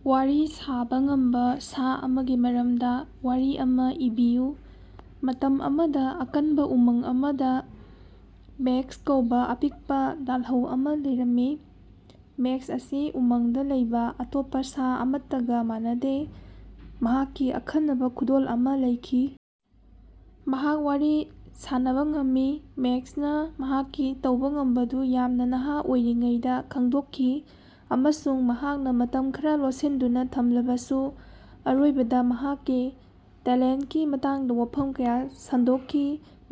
ꯋꯥꯔꯤ ꯁꯥꯕ ꯉꯝꯕ ꯁꯥ ꯑꯃꯒꯤ ꯃꯔꯝꯗ ꯋꯥꯔꯤ ꯑꯃ ꯏꯕꯤꯌꯨ꯫ ꯃꯇꯝ ꯑꯃꯗ, ꯑꯀꯟꯕ ꯎꯃꯪ ꯑꯃꯗ, ꯃꯦꯛꯁ ꯀꯧꯕ ꯑꯄꯤꯛꯄ ꯂꯥꯜꯍꯧ ꯑꯃ ꯂꯩꯔꯝꯃꯤ꯫ ꯃꯦꯛꯁ ꯑꯁꯤ ꯎꯃꯪꯗ ꯂꯩꯕ ꯑꯇꯣꯞꯄ ꯁꯥ ꯑꯃꯠꯇꯒ ꯃꯥꯟꯅꯗꯦ꯫ ꯃꯍꯥꯛꯀꯤ ꯑꯈꯟꯅꯕ ꯈꯨꯗꯣꯜ ꯑꯃ ꯂꯩꯈꯤ꯫ ꯃꯍꯥꯛ ꯋꯥꯔꯤ ꯁꯥꯟꯅꯕ ꯉꯝꯃꯤ꯫ ꯃꯦꯛꯁꯅ ꯃꯍꯥꯛꯀꯤ ꯇꯧꯕ ꯉꯝꯕꯗꯨ ꯌꯥꯝꯅ ꯅꯍꯥ ꯑꯣꯏꯔꯤꯉꯩꯗ ꯈꯪꯗꯣꯛꯈꯤ ꯑꯃꯁꯨꯡ ꯃꯍꯥꯛꯅ ꯃꯇꯝ ꯈꯔ ꯂꯣꯠꯁꯤꯟꯗꯨꯅ ꯊꯝꯂꯕꯁꯨ ꯑꯔꯣꯏꯕꯗ ꯃꯍꯥꯛꯀꯤ ꯇꯦꯂꯦꯟꯇꯀꯤ ꯃꯇꯥꯡꯗ ꯋꯥꯐꯝ ꯀꯌꯥ ꯁꯟꯗꯣꯛꯈꯤ꯫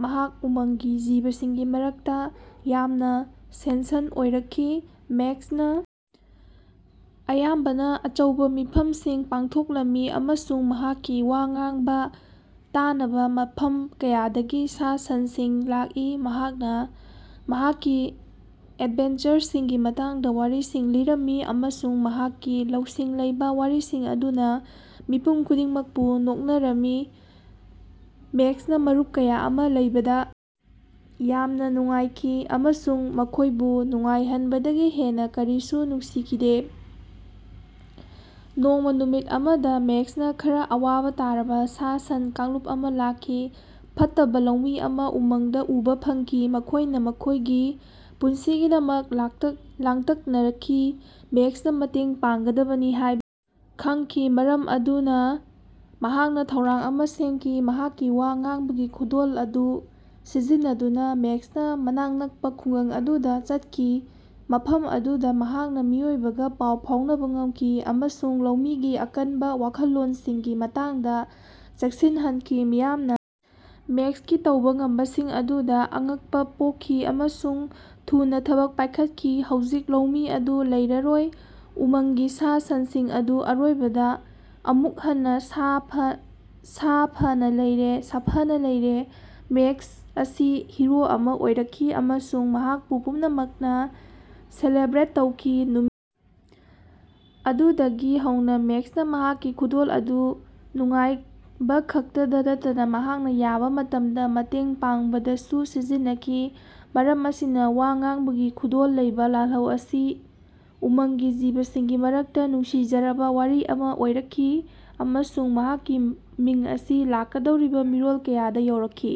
ꯃꯍꯥꯛ ꯎꯃꯪꯒꯤ ꯖꯤꯕꯁꯤꯡꯒꯤ ꯃꯔꯛꯇ ꯌꯥꯝꯅ ꯁꯦꯟꯁꯟ ꯑꯣꯏꯔꯛꯈꯤ꯫ ꯃꯦꯛꯁꯅ ꯑꯌꯥꯝꯕꯅ ꯑꯆꯧꯕ ꯃꯤꯐꯝꯁꯤꯡ ꯄꯥꯡꯊꯣꯛꯂꯝꯃꯤ ꯑꯃꯁꯨꯡ ꯃꯍꯥꯛꯀꯤ ꯋꯥ ꯉꯥꯡꯕ ꯇꯥꯅꯕ ꯃꯐꯝ ꯀꯌꯥꯗꯒꯤ ꯁꯥ-ꯁꯟꯁꯤꯡ ꯂꯥꯛꯏ꯫ ꯃꯍꯥꯛꯅ ꯃꯍꯥꯛꯀꯤ ꯑꯦꯗꯚꯦꯟꯆꯔꯁꯤꯡꯒꯤ ꯃꯇꯥꯡꯗ ꯋꯥꯔꯤꯁꯤꯡ ꯂꯤꯔꯝꯃꯤ ꯑꯃꯁꯨꯡ ꯃꯍꯥꯛꯀꯤ ꯂꯧꯁꯤꯡ ꯂꯩꯕ ꯋꯥꯔꯤꯁꯤꯡ ꯑꯗꯨꯅ ꯃꯤꯄꯨꯝ ꯈꯨꯗꯤꯡꯃꯛꯄꯨ ꯅꯣꯛꯅꯔꯝꯃꯤ꯫ ꯃꯦꯛꯁꯅ ꯃꯔꯨꯞ ꯀꯌꯥ ꯑꯃ ꯂꯩꯕꯗ ꯌꯥꯝꯅ ꯅꯨꯡꯉꯥꯏꯈꯤ ꯑꯃꯁꯨꯡ ꯃꯈꯣꯏꯕꯨ ꯅꯨꯡꯉꯥꯏꯍꯟꯕꯗꯒꯤ ꯍꯦꯟꯅ ꯀꯔꯤꯁꯨ ꯅꯨꯡꯁꯤꯈꯤꯗꯦ꯫ ꯅꯣꯡꯃ ꯅꯨꯃꯤꯠ ꯑꯃꯗ ꯃꯦꯛꯁꯇ ꯈꯔ ꯑꯋꯥꯕ ꯇꯥꯔꯕ ꯁꯥ-ꯁꯟ ꯀꯥꯡꯂꯨꯞ ꯑꯃ ꯂꯥꯛꯈꯤ꯫ ꯐꯠꯇꯕ ꯂꯧꯃꯤ ꯑꯃ ꯎꯃꯪꯗ ꯎꯕ ꯐꯪꯈꯤ꯫ ꯃꯈꯣꯏꯅ ꯃꯈꯣꯏꯒꯤ ꯄꯨꯟꯁꯤꯒꯤꯗꯃꯛ ꯂꯥꯡꯇꯛꯅꯈꯤ꯫ ꯃꯦꯛꯁꯅ ꯃꯇꯦꯡ ꯄꯥꯡꯒꯗꯕꯅꯤ ꯍꯥꯏꯕ ꯈꯪꯈꯤ꯫ ꯃꯔꯝ ꯑꯗꯨꯅ ꯃꯍꯥꯛꯅ ꯊꯧꯔꯥꯡ ꯑꯃ ꯁꯦꯝꯈꯤ꯫ ꯃꯍꯥꯛꯀꯤ ꯋꯥ ꯉꯥꯡꯕꯒꯤ ꯈꯨꯗꯣꯜ ꯑꯗꯨ ꯁꯤꯖꯤꯟꯅꯗꯨꯅ ꯃꯦꯛꯁꯅ ꯃꯅꯥꯛ ꯅꯛꯄ ꯈꯨꯡꯒꯪ ꯑꯗꯨꯗ ꯆꯠꯈꯤ꯫ ꯃꯐꯝ ꯑꯗꯨꯗ ꯃꯍꯥꯛꯅ ꯃꯤꯑꯣꯏꯕꯒ ꯄꯥꯎ ꯐꯥꯎꯅꯕ ꯉꯝꯈꯤ ꯑꯃꯁꯨꯡ ꯂꯧꯃꯤꯒꯤ ꯑꯀꯟꯕ ꯋꯥꯈꯜꯂꯣꯟꯁꯤꯡꯒꯤ ꯃꯇꯥꯡꯗ ꯆꯦꯛꯁꯤꯟꯍꯟꯈꯤ꯫ ꯃꯤꯌꯥꯝꯅ ꯃꯦꯛꯁꯀꯤ ꯇꯧꯕ ꯉꯝꯕꯁꯤꯡ ꯑꯗꯨꯗ ꯑꯉꯛꯄ ꯄꯣꯛꯈꯤ ꯑꯃꯁꯨꯡ ꯊꯨꯅ ꯊꯕꯛ ꯄꯥꯏꯈꯠꯈꯤ꯫ ꯍꯧꯖꯤꯛ ꯂꯧꯃꯤ ꯑꯗꯨ ꯂꯩꯔꯔꯣꯏ, ꯎꯃꯪꯒꯤ ꯁꯥ-ꯁꯟꯁꯤꯡ ꯑꯗꯨ ꯑꯔꯣꯏꯕꯗ ꯑꯃꯨꯛ ꯍꯟꯅ ꯁꯥꯐꯅ ꯂꯩꯔꯦ꯫ ꯃꯦꯛꯁ ꯑꯁꯤ ꯍꯤꯔꯣ ꯑꯃ ꯑꯣꯏꯔꯛꯈꯤ ꯑꯃꯁꯨꯡ ꯃꯍꯥꯛꯄꯨ ꯄꯨꯝꯅꯃꯛꯅ ꯁꯦꯂꯦꯕ꯭ꯔꯦꯠ ꯇꯧꯈꯤ꯫ ꯅꯨꯃꯤꯠ ꯑꯗꯨꯗꯒꯤ ꯍꯧꯅ ꯃꯦꯛꯁꯅ ꯃꯍꯥꯛꯀꯤ ꯈꯨꯗꯣꯜ ꯑꯗꯨ ꯅꯨꯡꯉꯥꯏꯕꯈꯛꯇꯗ ꯅꯠꯇꯅ ꯃꯍꯥꯛꯅ ꯌꯥꯕ ꯃꯇꯝꯗ ꯃꯇꯦꯡ ꯄꯥꯡꯕꯗꯁꯨ ꯁꯤꯖꯤꯟꯅꯈꯤ꯫ ꯃꯔꯝ ꯑꯁꯤꯅ, ꯋꯥ ꯉꯥꯡꯕꯒꯤ ꯈꯨꯗꯣꯜ ꯂꯩꯕ ꯂꯥꯜꯍꯧ ꯑꯁꯤ ꯎꯃꯪꯒꯤ ꯖꯤꯕꯁꯤꯡꯒꯤ ꯃꯔꯛꯇ ꯅꯨꯡꯁꯤꯖꯔꯕ ꯋꯥꯔꯤ ꯑꯃ ꯑꯣꯏꯔꯛꯈꯤ ꯑꯃꯁꯨꯡ ꯃꯍꯥꯛꯀꯤ ꯃꯤꯡ ꯑꯁꯤ ꯂꯥꯛꯀꯗꯧꯔꯤꯕ ꯃꯤꯔꯣꯜ ꯀꯌꯥꯗ ꯌꯧꯔꯛꯈꯤ꯫